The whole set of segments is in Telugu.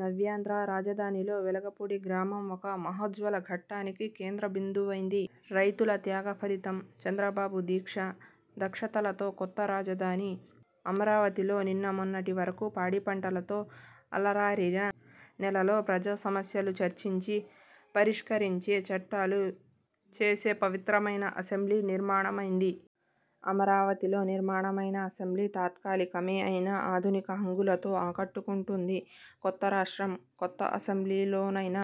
నవ్యాంధ్ర రాజధానిలో వెలగపూడి గ్రామం ఒక మహోజ్వల ఘట్టానికి కేంద్ర బిందువైంది. రైతుల త్యాగ ఫలితం, చంద్రబాబు దీక్ష దక్షతలతో కొత్త రాజధాని అమరావతిలో నిన్న మొన్నటి వరకు పాడి పంటలతో అలరారిన నేలలో ప్రజా సమస్యలు చర్చించి పరిష్కరించే, చట్టాలు చేసే పవిత్రమైన అసెంబ్లీ నిర్మాణమైంది. అమరావతిలో నిర్మాణమైన అసెంబ్లీ తాత్కాలికమే అయినా ఆధునిక హంగులతో ఆకట్టుకుంటుంది. కొత్త రాష్ట్రం కొత్త అసెంబ్లీ లోనైనా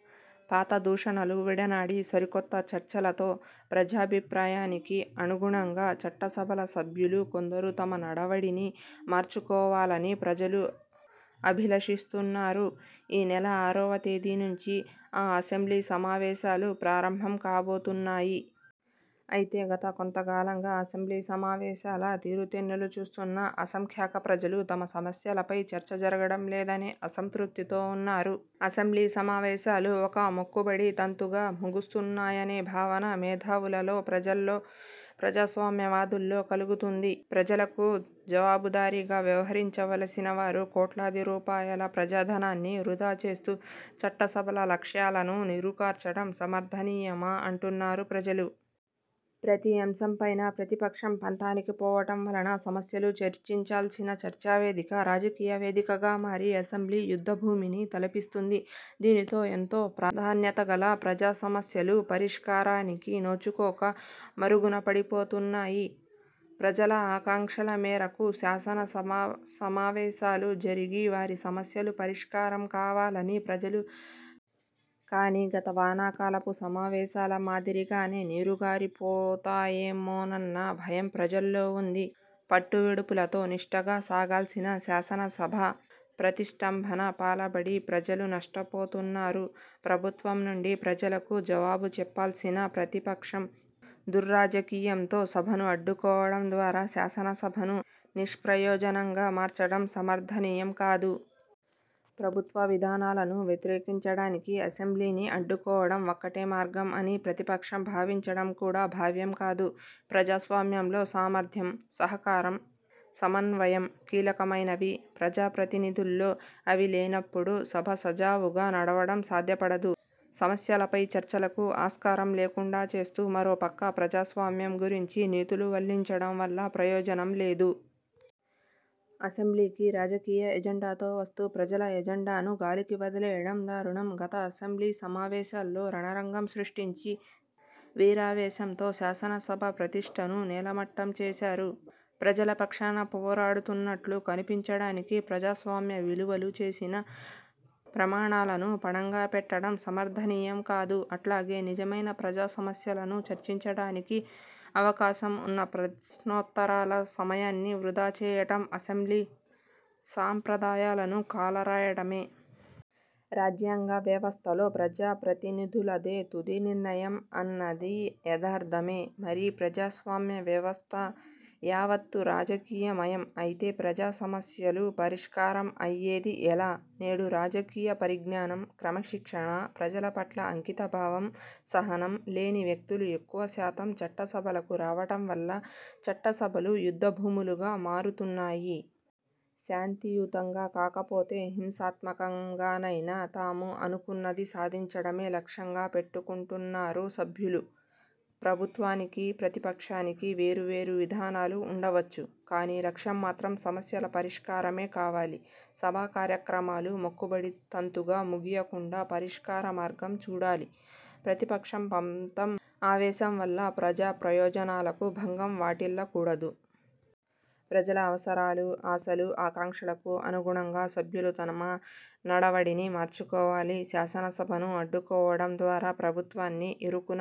పాత దూషణలు విడనాడి సరికొత్త చర్చలతో ప్రజాభిప్రాయానికి అనుగుణంగా చట్ట సభల సభ్యులు కొందరు తమ నడవడిని మార్చుకోవాలని ప్రజలు అభిలషిస్తున్నారు. ఈ నెల ఆరవ తేదీ నుంచి ఆ అసెంబ్లీ సమావేశాలు ప్రారంభం కాబోతున్నాయి. అయితే గత కొంత కాలంగా అసెంబ్లీ సమావేశాల తీరుతెన్నులు చూస్తున్న అసంఖ్యాక ప్రజలు తమ సమస్యలపై చర్చ జరగడం లేదనే అసంతృప్తితో ఉన్నారు. అసెంబ్లీ సమావేశాలు ఒక మొక్కుబడి తంతుగా ముగుస్తున్నాయనే భావన మేధావులలో, ప్రజల్లో, ప్రజాస్వామ్యవాధుల్లో కలుగుతుంది. ప్రజలకు జవాబుదారీగా వ్యవహరించ వలసిన వారు కోట్లాది రూపాయల ప్రజాధనాన్ని వృథా చేస్తూ చట్ట సభల లక్ష్యాలను నీరుకార్చటం సమర్థనీయమా అంటునున్నారు ప్రజలు. ప్రతి అంశంపైనా ప్రతిపక్షం పంతానికి పోవటం వలన సమస్యలు చర్చించాల్సిన చర్చా వేదిక రాజకీయ వేదిక గా మారి అసెంబ్లీ యుద్ధ భూమిని తలపిస్తుంది. దీనితో ఎంతో ప్రాధాన్యతగల ప్రజా సమస్యలు పరిష్కారానికి నోచుకోక మరుగున పడిపోతున్నాయి. ప్రజల ఆకాంక్షల మేరకు శాసనసమ సమావేశాలు జరిగి వారి సమస్యలు పరిష్కారం కావాలని ప్రజలు. కాని గత వానాకాలపు సమావేశాల మాదిరిగానే నీరుగారి పోతాయేమోనన్న భయం ప్రజల్లో ఉంది. పట్టు విడుపులతో నిష్టగా సాగాల్సిన శాసనసభ ప్రతిష్టంభన పాలబడి ప్రజలు నష్ట పోతున్నారు. ప్రభుత్వం నుండి ప్రజలకు జవాబు చెప్పాల్సిన ప్రతి పక్షం ధుర్రాజకీయంతో సభను అడ్డుకోవటం ద్వారా శాసనసభను నిష్ప్రయోజనంగా మార్చడం సమర్థనీయం కాదు. ప్రభుత్వ విధానాలను వ్యతిరేకించడానికి అసెంబ్లీ ని అడ్డుకోవటం ఒక్కటే మార్గం అని ప్రతిపక్షం భావించటం కూడా భావ్యం కాదు. ప్రజాస్వామ్యంలో సామర్ధ్యం, సహకారం, సమన్వయం కీలకమైనవి. ప్రజా ప్రతినిధుల్లో అవి లేనప్పుడు సభ సజావుగా నడవటం సాధ్యపడదు. సమస్యలపై చర్చలకు ఆస్కారం లేకుండా చేస్తూ మరోపక్క ప్రజాసామ్యం గురించి నీతులు వల్లించటం వల్ల ప్రయోజనం లేదు. అసెంబ్లీకి రాజకీయ ఎజెండాతో వస్తూ ప్రజల ఎజెండాను గాలికి వదిలేయటం ధారుణం. గత అసెంబ్లీ సమావేశాల్లో రణరంగం సృష్టించి వీరావేశంతో శాసనసభ ప్రతిష్టను నేలమట్టం చేశారు. ప్రజల పక్షాన పోరాడుతున్నట్లు కనిపించడానికి ప్రజాస్వామ్య విలువలు, చేసిన ప్రమాణాలను పణంగా పెట్టటం సమర్ధనీయం కాదు. అట్లాగే నిజమైన ప్రజా సమస్యలను చర్చించటానికి అవకాశం ఉన్న ప్రశ్నోత్తరాల సమయాన్ని వృధా చేయటం అసెంబ్లీ సాంప్రధాయలను కాలరాయటమే. రాజ్యాంగ వ్యవస్థలో ప్రజా ప్రతినిదులధే తుది నిర్ణయం అన్నది యధార్థమే. మరి ప్రజాస్వామ్య వ్యవస్థ యావత్తు రాజకీయ మయం అయితే ప్రజా సమస్యలు పరిష్కారం అయ్యేది ఎలా? నేడు రాజకీయ పరిజ్ఞ్యానం, క్రమశిక్షణ, ప్రజల పట్ల అంకిత భావం, సహనం లేని వ్యక్తులు ఎక్కువ శాతం చట్ట సభలకు రావటం వల్ల చట్ట సభలు యుద్ధ భూములుగా మారుతున్నాయి. శాంతియుతంగా కాకపోతే హింసాత్మకంగానైనా తాము అనుకున్నది సాధించడమే లక్ష్యంగా పెట్టుకుంటున్నారు సభ్యులు. ప్రభుత్వానికి, ప్రతిపక్షానికి వేరువేరు విధానాలు ఉండవచ్చు, కానీ లక్ష్యం మాత్రం సమస్యల పరిష్కారమే కావాలి. సభా కార్యక్రమాలు మొక్కుబడి తంతుగా ముగియకుండా పరిష్కార మార్గం చూడాలి. ప్రతిపక్షం పంతం, ఆవేశం వల్ల ప్రజా ప్రయోజనాలకు భంగం వాటిల్లకూడదు. ప్రజల అవసరాలు, ఆశలు, ఆకాంక్షలకు అనుగుణంగా సభ్యులు తమ నడవడిని మార్చుకోవాలి. శాసనసభను అడ్డుకోవటం ద్వారా ప్రభుత్వాన్ని ఇరుకున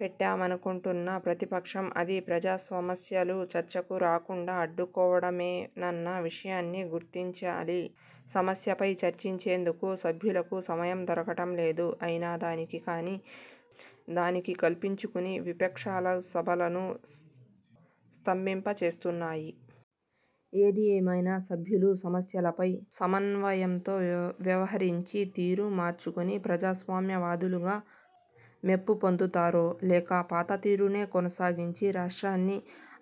పెట్టామనుకుంటున్న ప్రతిపక్షం అది ప్రజా సమస్యలు చర్చకు రాకుండా అడ్డుకోవటమేనన్నవిషయాన్ని గుర్తించాలి. సమస్యపై చర్చించేందుకు సభ్యులకు సమయం దొరకటం లేదు. అయిన దానికి కాని దానికి కల్పించుకుని విపక్షాలు సభలను స్తంభింప చేస్తున్నాయి. ఏదిఏమైనా సభ్యులు సమస్యలపై సమన్వయంతో వ్యవహరించి తీరు మార్చుకుని ప్రజాస్వామ్య వాదులుగా మెప్పు పొందుతారో లేక పాత తీరునే కొనసాగించి రాష్ట్రాన్ని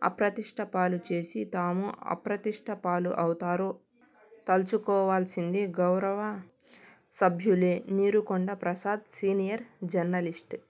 అప్రతిష్ట పాలు చేసి తాము అప్రతిష్ట పాలు అవుతారో తల్చుకోవాల్సింది గౌరవ సభ్యులే. Neerukonda Prasad senior journalist.